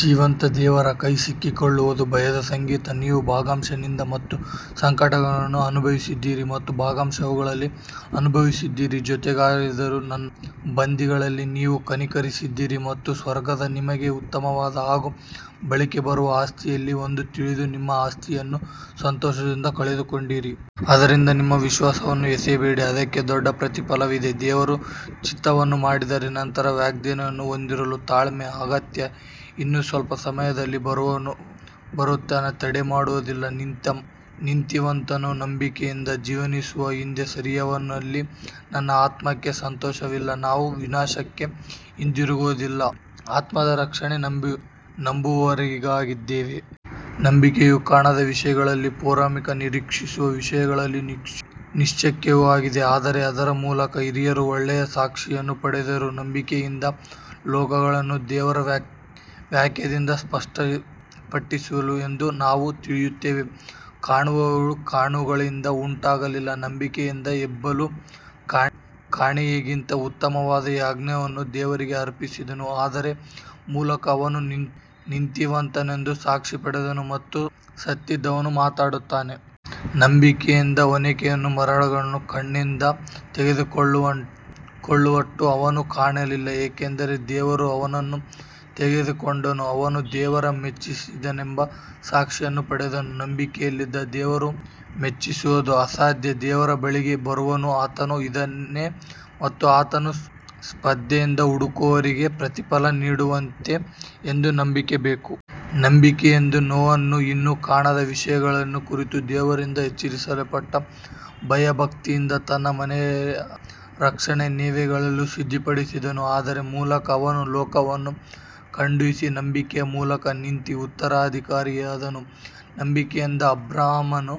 ಜೀವಂತ ದೇವರ ಕೈಗೆ ಸಿಕ್ಕಿಹಾಕಿಕೊಳ್ಳುವುದು ಭಯದ ಸಂಗತಿ. ನೀವು ಭಾಗಶಃ ನಿಂದೆ ಮತ್ತು ಸಂಕಟಗಳನ್ನು ಅನುಭವಿಸಿದಿರಿ ಮತ್ತು ಭಾಗಶಃ ಅವುಗಳನ್ನು ಅನುಭವಿಸಿದವರ ಜೊತೆಗಾರರಾದಿರಿ. ನನ್ನ ಬಂಧಗಳಲ್ಲಿ ನೀವು ಕನಿಕರಿಸಿದಿರಿ ಮತ್ತು ಸ್ವರ್ಗದಲ್ಲಿ ನಿಮಗೆ ಉತ್ತಮವಾದ ಹಾಗೂ ಬಾಳಿಕೆ ಬರುವ ಆಸ್ತಿಯಿದೆ ಎಂದು ತಿಳಿದು ನಿಮ್ಮ ಆಸ್ತಿಯನ್ನು ಸಂತೋಷದಿಂದ ಕಳೆದುಕೊಂಡಿರಿ. ಆದ್ದರಿಂದ ನಿಮ್ಮ ವಿಶ್ವಾಸವನ್ನು ಎಸೆಯಬೇಡಿ, ಅದಕ್ಕೆ ದೊಡ್ಡ ಪ್ರತಿಫಲವಿದೆ. ದೇವರ ಚಿತ್ತವನ್ನು ಮಾಡಿದ ನಂತರ ವಾಗ್ದಾನವನ್ನು ಹೊಂದಲು ತಾಳ್ಮೆ ಅಗತ್ಯ. ಇನ್ನೂ ಸ್ವಲ್ಪ ಸಮಯದಲ್ಲಿ ಬರುವವನು ಬರುತ್ತಾನೆ, ತಡಮಾಡುವುದಿಲ್ಲ. ನೀತಿವಂತನು ನಂಬಿಕೆಯಿಂದ ಜೀವಿಸುವನು, ಹಿಂದೆ ಸರಿಯುವವನಲ್ಲಿ ನನ್ನ ಆತ್ಮಕ್ಕೆ ಸಂತೋಷವಿಲ್ಲ. ನಾವು ವಿನಾಶಕ್ಕೆ ಹಿಂದಿರುಗುವವರಲ್ಲ, ಆತ್ಮದ ರಕ್ಷಣೆಗೆ ನಂಬುವವರಾಗಿದ್ದೇವೆ. ನಂಬಿಕೆಯು ಕಾಣದ ವಿಷಯಗಳ ಪುರಾವೆಯೂ ನಿರೀಕ್ಷಿಸುವ ವಿಷಯಗಳ ನಿಶ್ಚಯವೂ ಆಗಿದೆ. ಅದರ ಮೂಲಕ ಹಿರಿಯರು ಒಳ್ಳೆಯ ಸಾಕ್ಷಿಯನ್ನು ಪಡೆದರು. ನಂಬಿಕೆಯಿಂದಲೇ ಲೋಕಗಳು ದೇವರ ವಾಕ್ಯದಿಂದ ಸೃಷ್ಟಿಸಲ್ಪಟ್ಟವು ಎಂದು ನಾವು ತಿಳಿಯುತ್ತೇವೆ, ಕಾಣುವವುಗಳು ಕಾಣುವವುಗಳಿಂದ ಉಂಟಾಗಲಿಲ್ಲ. ನಂಬಿಕೆಯಿಂದ ಹೇಬೆಲನು ಕಾಯಿನನಿಗಿಂತ ಉತ್ತಮವಾದ ಯಜ್ಞವನ್ನು ದೇವರಿಗೆ ಅರ್ಪಿಸಿದನು. ಅದರ ಮೂಲಕ ಅವನು ನೀತಿವಂತನೆಂದು ಸಾಕ್ಷಿ ಪಡೆದನು ಮತ್ತು ಸತ್ತಿದ್ದರೂ ಮಾತನಾಡುತ್ತಾನೆ. ನಂಬಿಕೆಯಿಂದ ಹನೋಕನು ಮರಣವನ್ನು ಕಾಣದಂತೆ ತೆಗೆದುಕೊಳ್ಳಲ್ಪಟ್ಟನು. ಅವನನ್ನು ಕಾಣಲಿಲ್ಲ, ಏಕೆಂದರೆ ದೇವರು ಅವನನ್ನು ತೆಗೆದುಕೊಂಡನು. ಅವನು ದೇವರನ್ನು ಮೆಚ್ಚಿಸಿದನೆಂಬ ಸಾಕ್ಷಿಯನ್ನು ಪಡೆದಿದ್ದನು. ನಂಬಿಕೆಯಿಲ್ಲದೆ ದೇವರನ್ನು ಮೆಚ್ಚಿಸುವುದು ಅಸಾಧ್ಯ. ದೇವರ ಬಳಿಗೆ ಬರುವವನು ಆತನು ಇದ್ದಾನೆ ಮತ್ತು ಆತನನ್ನು ಶ್ರದ್ಧೆಯಿಂದ ಹುಡುಕುವವರಿಗೆ ಪ್ರತಿಫಲ ನೀಡುತ್ತಾನೆ ಎಂದು ನಂಬಬೇಕು. ನಂಬಿಕೆಯಿಂದ ನೋಹನು ಇನ್ನೂ ಕಾಣದ ವಿಷಯಗಳ ಕುರಿತು ದೇವರಿಂದ ಎಚ್ಚರಿಸಲ್ಪಟ್ಟು ಭಯಭಕ್ತಿಯಿಂದ ತನ್ನ ಮನೆಯ ರಕ್ಷಣೆಗೆ ನಾವೆಯನ್ನು ಸಿದ್ಧಪಡಿಸಿದನು. ಅದರ ಮೂಲಕ ಅವನು ಲೋಕವನ್ನು ಖಂಡಿಸಿ ನಂಬಿಕೆಯ ಮೂಲಕ ನೀತಿಗೆ ಉತ್ತರಾಧಿಕಾರಿಯಾದನು. ನಂಬಿಕೆಯಿಂದ ಅಬ್ರಹಾಮನು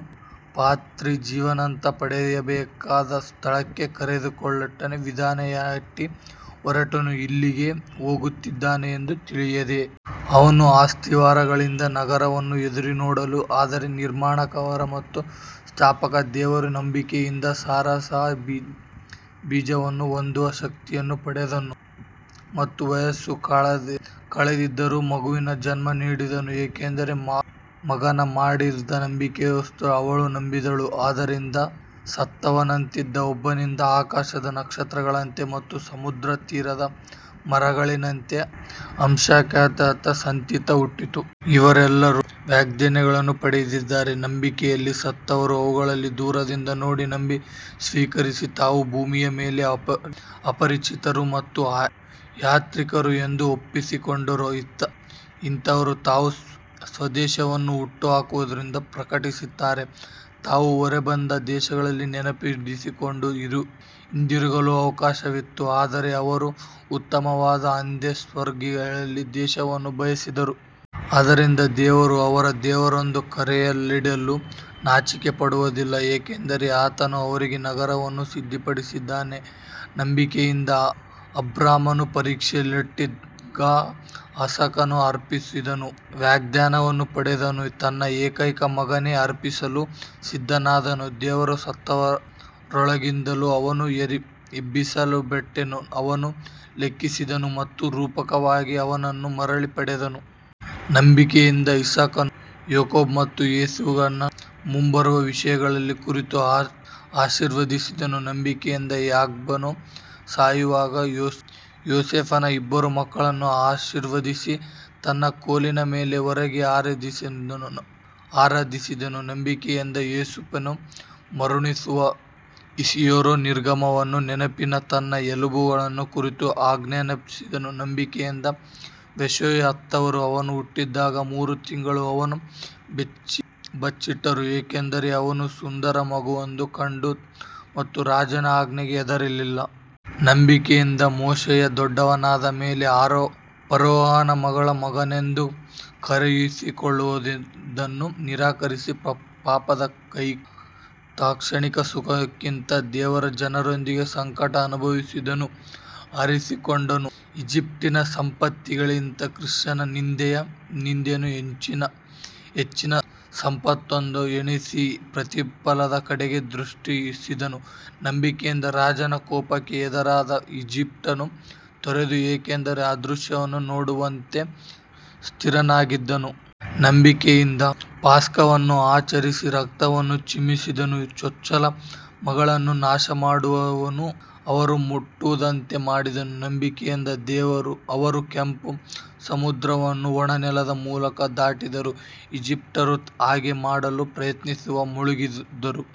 ಪಿತ್ರಾರ್ಜಿತವಾಗಿ ಪಡೆಯಬೇಕಾದ ಸ್ಥಳಕ್ಕೆ ಕರೆಯಲ್ಪಟ್ಟಾಗ ವಿಧೇಯನಾಗಿ ಹೊರಟನು, ಎಲ್ಲಿಗೆ ಹೋಗುತ್ತಿದ್ದಾನೆಂದು ತಿಳಿಯದೆ. ಅವನು ಅಸ್ತಿವಾರಗಳಿರುವ ನಗರವನ್ನು ಎದುರುನೋಡಿದನು, ಅದರ ನಿರ್ಮಾಣಕಾರ ಮತ್ತು ಸ್ಥಾಪಕ ದೇವರೇ. ನಂಬಿಕೆಯಿಂದ ಸಾರಾ ಸಹ ಬೀಜವನ್ನು ಹೊಂದುವ ಶಕ್ತಿಯನ್ನು ಪಡೆದಳು ಮತ್ತು ವಯಸ್ಸು ಕಳೆದಿದ್ದರೂ ಮಗುವಿಗೆ ಜನ್ಮ ನೀಡಿದಳು, ಏಕೆಂದರೆ ವಾಗ್ದಾನ ಮಾಡಿದವನು ನಂಬಿಗಸ್ತನೆಂದು ಅವಳು ನಂಬಿದಳು. ಆದ್ದರಿಂದ ಸತ್ತವನಂತಿದ್ದ ಒಬ್ಬನಿಂದ ಆಕಾಶದ ನಕ್ಷತ್ರಗಳಂತೆ ಮತ್ತು ಸಮುದ್ರತೀರದ ಮರಳಿನಂತೆ ಅಸಂಖ್ಯಾತ ಸಂತತಿ ಹುಟ್ಟಿತು. ಇವರೆಲ್ಲರೂ ವಾಗ್ದಾನಗಳನ್ನು ಪಡೆಯದೆ ನಂಬಿಕೆಯಲ್ಲಿ ಸತ್ತರು. ಅವುಗಳನ್ನು ದೂರದಿಂದ ನೋಡಿ, ನಂಬಿ, ಸ್ವೀಕರಿಸಿ, ತಾವು ಭೂಮಿಯ ಮೇಲೆ ಅಪರಿಚಿತರು ಮತ್ತು ಯಾತ್ರಿಕರು ಎಂದು ಒಪ್ಪಿಕೊಂಡರು. ಇಂಥವರು ತಾವು ಸ್ವದೇಶವನ್ನು ಹುಡುಕುತ್ತಿರುವುದನ್ನು ಪ್ರಕಟಿಸುತ್ತಾರೆ. ತಾವು ಹೊರಬಂದ ದೇಶವನ್ನು ನೆನಪಿಸಿಕೊಂಡಿದ್ದರೆ ಹಿಂದಿರುಗಲು ಅವಕಾಶವಿತ್ತು. ಆದರೆ ಅವರು ಉತ್ತಮವಾದ, ಅಂದರೆ ಸ್ವರ್ಗೀಯ ದೇಶವನ್ನು ಬಯಸಿದರು. ಆದ್ದರಿಂದ ದೇವರು ಅವರ ದೇವರೆಂದು ಕರೆಯಲ್ಪಡಲು ನಾಚಿಕೆಪಡುವುದಿಲ್ಲ, ಏಕೆಂದರೆ ಆತನು ಅವರಿಗೆ ನಗರವನ್ನು ಸಿದ್ಧಪಡಿಸಿದ್ದಾನೆ. ನಂಬಿಕೆಯಿಂದ ಅಬ್ರಹಾಮನು ಪರೀಕ್ಷಿಸಲ್ಪಟ್ಟಾಗ ಇಸಾಕನನ್ನು ಅರ್ಪಿಸಿದನು. ವಾಗ್ದಾನಗಳನ್ನು ಪಡೆದವನು ತನ್ನ ಏಕೈಕ ಮಗನನ್ನೇ ಅರ್ಪಿಸಲು ಸಿದ್ಧನಾದನು. ದೇವರು ಸತ್ತವರೊಳಗಿಂದಲೂ ಅವನನ್ನು ಎಬ್ಬಿಸಬಲ್ಲನೆಂದು ಅವನು ಲೆಕ್ಕಿಸಿದನು ಮತ್ತು ರೂಪಕವಾಗಿ ಅವನನ್ನು ಮರಳಿ ಪಡೆದನು. ನಂಬಿಕೆಯಿಂದ ಇಸಾಕನು ಯಾಕೋಬ ಮತ್ತು ಏಸಾವನ್ನು ಮುಂಬರುವ ವಿಷಯಗಳ ಕುರಿತು ಆಶೀರ್ವದಿಸಿದನು. ನಂಬಿಕೆಯಿಂದ ಯಾಕೋಬನು ಸಾಯುವಾಗ ಯೋಸೇಫನ ಇಬ್ಬರು ಮಕ್ಕಳನ್ನು ಆಶೀರ್ವದಿಸಿ ತನ್ನ ಕೋಲಿನ ಮೇಲೆ ಒರಗಿ ಆರಾಧಿಸಿದನು. ನಂಬಿಕೆಯಿಂದ ಯೋಸೇಫನು ಮರಣಿಸುವಾಗ ಇಸ್ರಾಯೇಲ್ಯರ ನಿರ್ಗಮನವನ್ನು ನೆನಪಿಸಿ ತನ್ನ ಎಲುಬುಗಳ ಕುರಿತು ಆಜ್ಞಾಪಿಸಿದನು. ನಂಬಿಕೆಯಿಂದ ಮೋಶೆಯ ಹೆತ್ತವರು ಅವನು ಹುಟ್ಟಿದಾಗ ಮೂರು ತಿಂಗಳು ಅವನನ್ನು ಬಚ್ಚಿಟ್ಟರು, ಏಕೆಂದರೆ ಅವನು ಸುಂದರ ಮಗುವೆಂದು ಕಂಡರು ಮತ್ತು ರಾಜನ ಆಜ್ಞೆಗೆ ಹೆದರಲಿಲ್ಲ. ನಂಬಿಕೆಯಿಂದ ಮೋಶೆಯು ದೊಡ್ಡವನಾದ ಮೇಲೆ ಫರೋಹನ ಮಗಳ ಮಗನೆಂದು ಕರೆಯಿಸಿಕೊಳ್ಳುವುದನ್ನು ನಿರಾಕರಿಸಿ, ಪಾಪದ ಕ್ಷಣಿಕ ಸುಖಕ್ಕಿಂತ ದೇವರ ಜನರೊಂದಿಗೆ ಸಂಕಟ ಅನುಭವಿಸುವುದನ್ನು ಆರಿಸಿಕೊಂಡನು. ಈಜಿಪ್ಟಿನ ಸಂಪತ್ತಿಗಿಂತ ಕ್ರಿಸ್ತನ ನಿಂದೆಯನ್ನು ಹೆಚ್ಚಿನ ಸಂಪತ್ತೆಂದು ಎಣಿಸಿ ಪ್ರತಿಫಲದ ಕಡೆಗೆ ದೃಷ್ಟಿಸಿದನು. ನಂಬಿಕೆಯಿಂದ ರಾಜನ ಕೋಪಕ್ಕೆ ಹೆದರದೆ ಈಜಿಪ್ಟನ್ನು ತೊರೆದನು, ಏಕೆಂದರೆ ಅದೃಶ್ಯನನ್ನು ನೋಡುವವನಂತೆ ಸ್ಥಿರನಾಗಿದ್ದನು. ನಂಬಿಕೆಯಿಂದ ಪಸ್ಕವನ್ನು ಆಚರಿಸಿ ರಕ್ತವನ್ನು ಚಿಮುಕಿಸಿದನು, ಚೊಚ್ಚಲ ಮಕ್ಕಳನ್ನು ನಾಶಮಾಡುವವನು ಅವರನ್ನು ಮುಟ್ಟದಂತೆ ಮಾಡಿದನು. ನಂಬಿಕೆಯಿಂದ ಅವರು ಕೆಂಪು ಸಮುದ್ರವನ್ನು ಒಣ ನೆಲದ ಮೂಲಕ ದಾಟಿದರು, ಈಜಿಪ್ಟಿನವರು ಹಾಗೆ ಮಾಡಲು ಪ್ರಯತ್ನಿಸಿ ಮುಳುಗಿದರು.